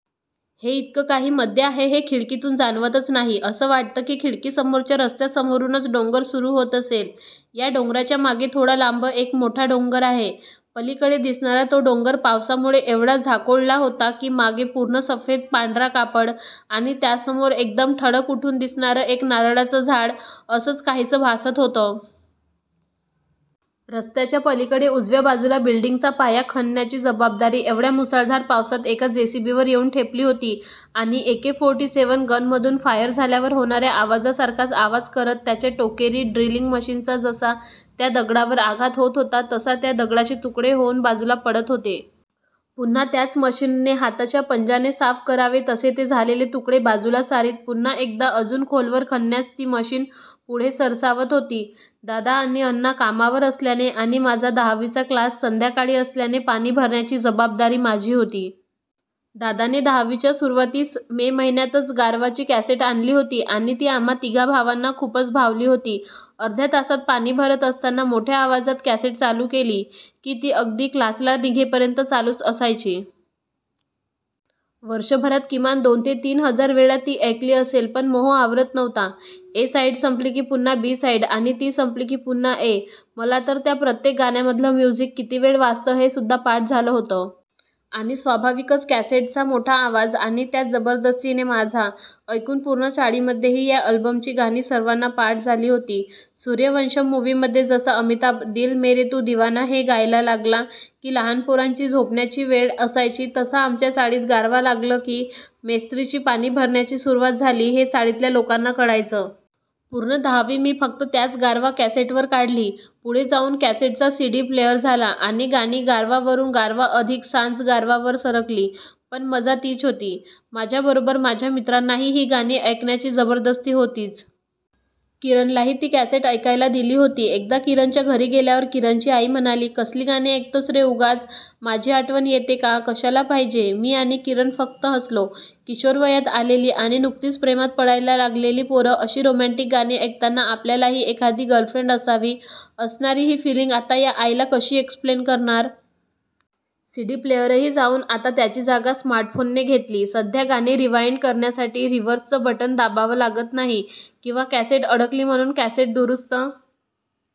हे इतकं काही मध्ये आहे हे खिडकीतून जाणवतच नाही. असं वाटतं की खिडकीसमोरच्या रस्त्यासमोरूनच डोंगर सुरू होत असेल. या डोंगराच्यामागे थोडा लांब एक मोठा डोंगर आहे. पलीकडे दिसणारा तो डोंगर पावसामुळे एवढा झाकोळला होता की मागे पूर्ण सफेद पांढरा कापड आणि त्यासमोर एकदम ठळक उठून दिसणारं एक नारळाचं झाड असंच काहीसं भासत होतं. रस्त्याच्या पलीकडे उजव्या बाजूला बिल्डिंगचा पाया खणण्याची जबाबदारी एवढ्या मुसळधार पावसात एका जेसीबीवर येऊन ठेपली होती आणि ए-के फोरटी सेवन गन मधून फायर झाल्यावर होणाऱ्या आवाजासारखाच आवाज करत त्याच्या टोकेरी ड्रिलिंग मशीनचा जसा त्या दगडावर आघात होत होता तसा त्या दगडाचे तुकडे होऊन बाजूला पडत होते. पुन्हा त्याच मशीनने हाताच्या पंजाने साफ करावे तसे ते झालेले तुकडे बाजूला सारीत पुन्हा एकदा अजून खोलवर खणण्यास ती मशीन पुढे सरसावत होती. दादा आणि अण्णा कामावर असल्याने आणि माझा दहावीचा क्लास संध्याकाळी असल्याने पाणी भरण्याची जबाबदारी माझी होती. दादाने दहावीच्या सुरुवातीस मे महिन्यातच गारवाची कॅसेट आणली होती आणि ती आम्हा तिघा भावांना खूपच भावली होती. अर्ध्या तासात पाणी भरत असताना मोठ्या आवाजात कॅसेट चालू केली की ती अगदी क्लासला निघेपर्यंत चालूच असायची. वर्षभरात किमान दोन ते तीन हजार वेळा ती ऐकली असेल पण मोह आवरत नव्हता. ए साईड संपली की पुन्हा बी साईड आणि ती संपली की पुन्हा ए. मलातर त्या प्रत्येक गाण्यामधलं म्युझिक कितीवेळ वाजतं हे सुद्धा पाठ झालं होतं. आणि स्वाभाविकच कॅसेटचा मोठा आवाज आणि त्यात जबरदस्तीने माझा, ऐकून पूर्ण चाळीमध्येही या अल्बमची गाणी सर्वांना पाठ झाली होती. सूर्यवंशम मुव्हीमध्ये जसा अमिताभ दिल मेरे तू दिवाना है गायला लागला की लहान पोरांची झोपण्याची वेळ असायची तसा आमच्या चाळीत गारवा लागलं की मेस्त्रीची पाणी भरण्याची सुरुवात झाली हे चाळीतल्या लोकांना कळायचं. पूर्ण दहावी मी फक्त त्याच गारवा कॅसेटवरच काढली. पुढे जाऊन कॅसेटचा सीडी प्लेअर झाला आणि गाणी गारवा वरून गारवा अधिक सांजगारवा वर सरकली. पण मजा तीच होती. माझ्याबरोबर माझ्या मित्रांनाही ही गाणी ऐकण्याची जबरदस्ती होतीच. किरणलाही ती कॅसेट ऐकायला दिली होती. एकदा किरणच्या घरी गेल्यावर किरणची आई म्हणाली, कसली गाणी ऐकतोस रे उगाच. माझी आठवण येते का कशाला पाहिजे? मी आणि किरण फक्त हसलो. किशोरवयात आलेली आणि नुकतीच प्रेमात पडायला लागलेली पोरं अशी रोमँटिक गाणी ऐकताना आपल्यालाही एखादी गर्लफ्रेंड असावी असणारी ही फिलिंग आता या आईला कशी एक्सप्लेन करणार? सीडी प्लेअरही जाऊन आता त्याची जागा स्मार्टफोनने घेतली. सध्या गाणी रिवाईंड करण्यासाठी रिव्हर्सचं बटन दाबावं लागत नाही किंवा कॅसेट अडकली म्हणून कॅसेट दुरुस्त